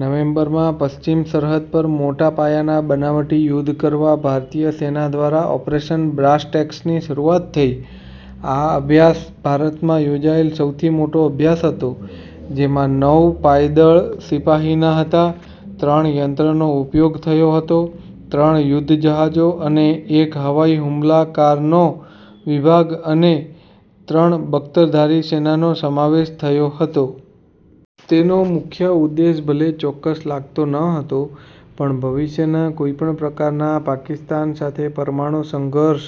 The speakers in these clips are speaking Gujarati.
નવેમ્બર માં પશ્ચિમ સરહદ પર મોટા પાયાના બનાવટી યુદ્ધ કરવા ભારતીય સેના દ્વારા ઓપરેશન બ્રાસટેકસની શરૂઆત થઈ. આ અભ્યાસ ભારતમાં યોજાયેલ સૌથી મોટો અભ્યાસ હતો, જેમાં નવ પાયદળ સિપાહીના હતા, ત્રણ યંત્રનો ઉપયોગ થયો હતો, ત્રણ યુદ્ધ જહાજો અને એક હવાઈ હુમલાકારનો વિભાગ અને ત્રણ બખ્તરધારી સેનાનો સમાવેશ થયો હતો. તેનો મુખ્ય ઉદ્દેશ ભલે ચોક્કસ લાગતો ન હતો પણ ભવિષ્યના કોઈપણ પ્રકારના પાકિસ્તાન સાથે પરમાણુ સંઘર્ષ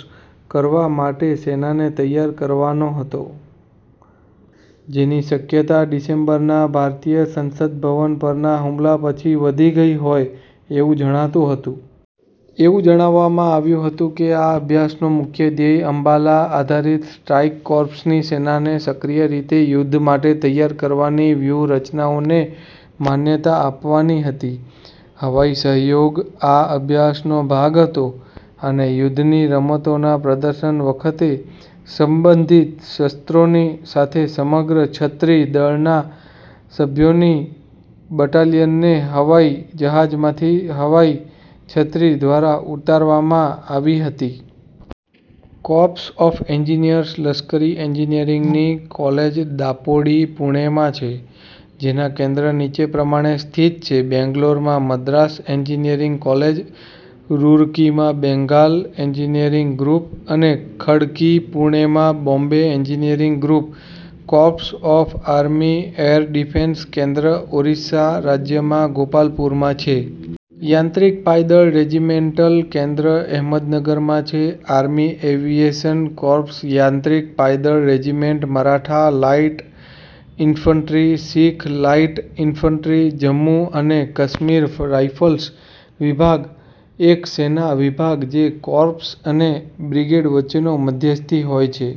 કરવા માટે સેનાને તૈયાર કરવાનો હતો, જેની શકયતા ડિસેમ્બરના ભારતીય સંસદભવન પરના હુમલા પછી વધી ગઈ હોય, એવું જણાતું હતું. એવું જણાવવામાં આવ્યું હતું કે આ અભ્યાસનો મુખ્ય ધ્યેય અંબાલા -આધારિત સ્ટ્રાઈક કોર્પ્સની સેનાને સક્રિય રીતે યુદ્ધ માટે તૈયાર કરવાની વ્યુહરચનાઓને માન્યતા આપવાની હતી. હવાઈ સહયોગ આ અભ્યાસનો ભાગ હતો, અને યુદ્ધની રમતોના પ્રદર્શન વખતે સંબંધિત શસ્ત્રોની સાથે સમગ્ર છત્રી દળના સભ્યોની બટાલીયનને હવાઈ જહાજમાંથી હવાઈ છત્રી દ્વારા ઉતારવામાં આવી હતી. કોર્પ્સ ઓફ એન્જીનિયર્સ લશ્કરી એન્જીનિયરીંગની કોલેજ દાપોડી, પૂણેમાં છે. જેના કેન્દ્ર નીચે પ્રમાણે સ્થિત છે બેંગ્લોરમાં મદ્રાસ એન્જીનિયરીંગ કોલેજ, રુરકીમાં બેંગાલ એન્જીનિયર ગ્રુપ, અને ખડકી પૂણેમાં Bombay engineering group. Corps of army air defence કેન્દ્ર ઓરીસ્સા રાજ્યમાં ગોપાલપુરમાં છે. યાંત્રિક પાયદળ રેજીમેન્ટલ કેન્દ્ર અહેમદનગરમાં છે. આર્મી એવીયેશન કોર્પ્સ યાંત્રિક પાયદળ regiment Maratha light infantry Sikh light infantry Jammu અને કાશ્મીર રાઇફલ્સ વિભાગ: એક સેના વિભાગ જે કોર્પ્સ અને બ્રિગેડ વચ્ચેનો મધ્યસ્થી હોય છે.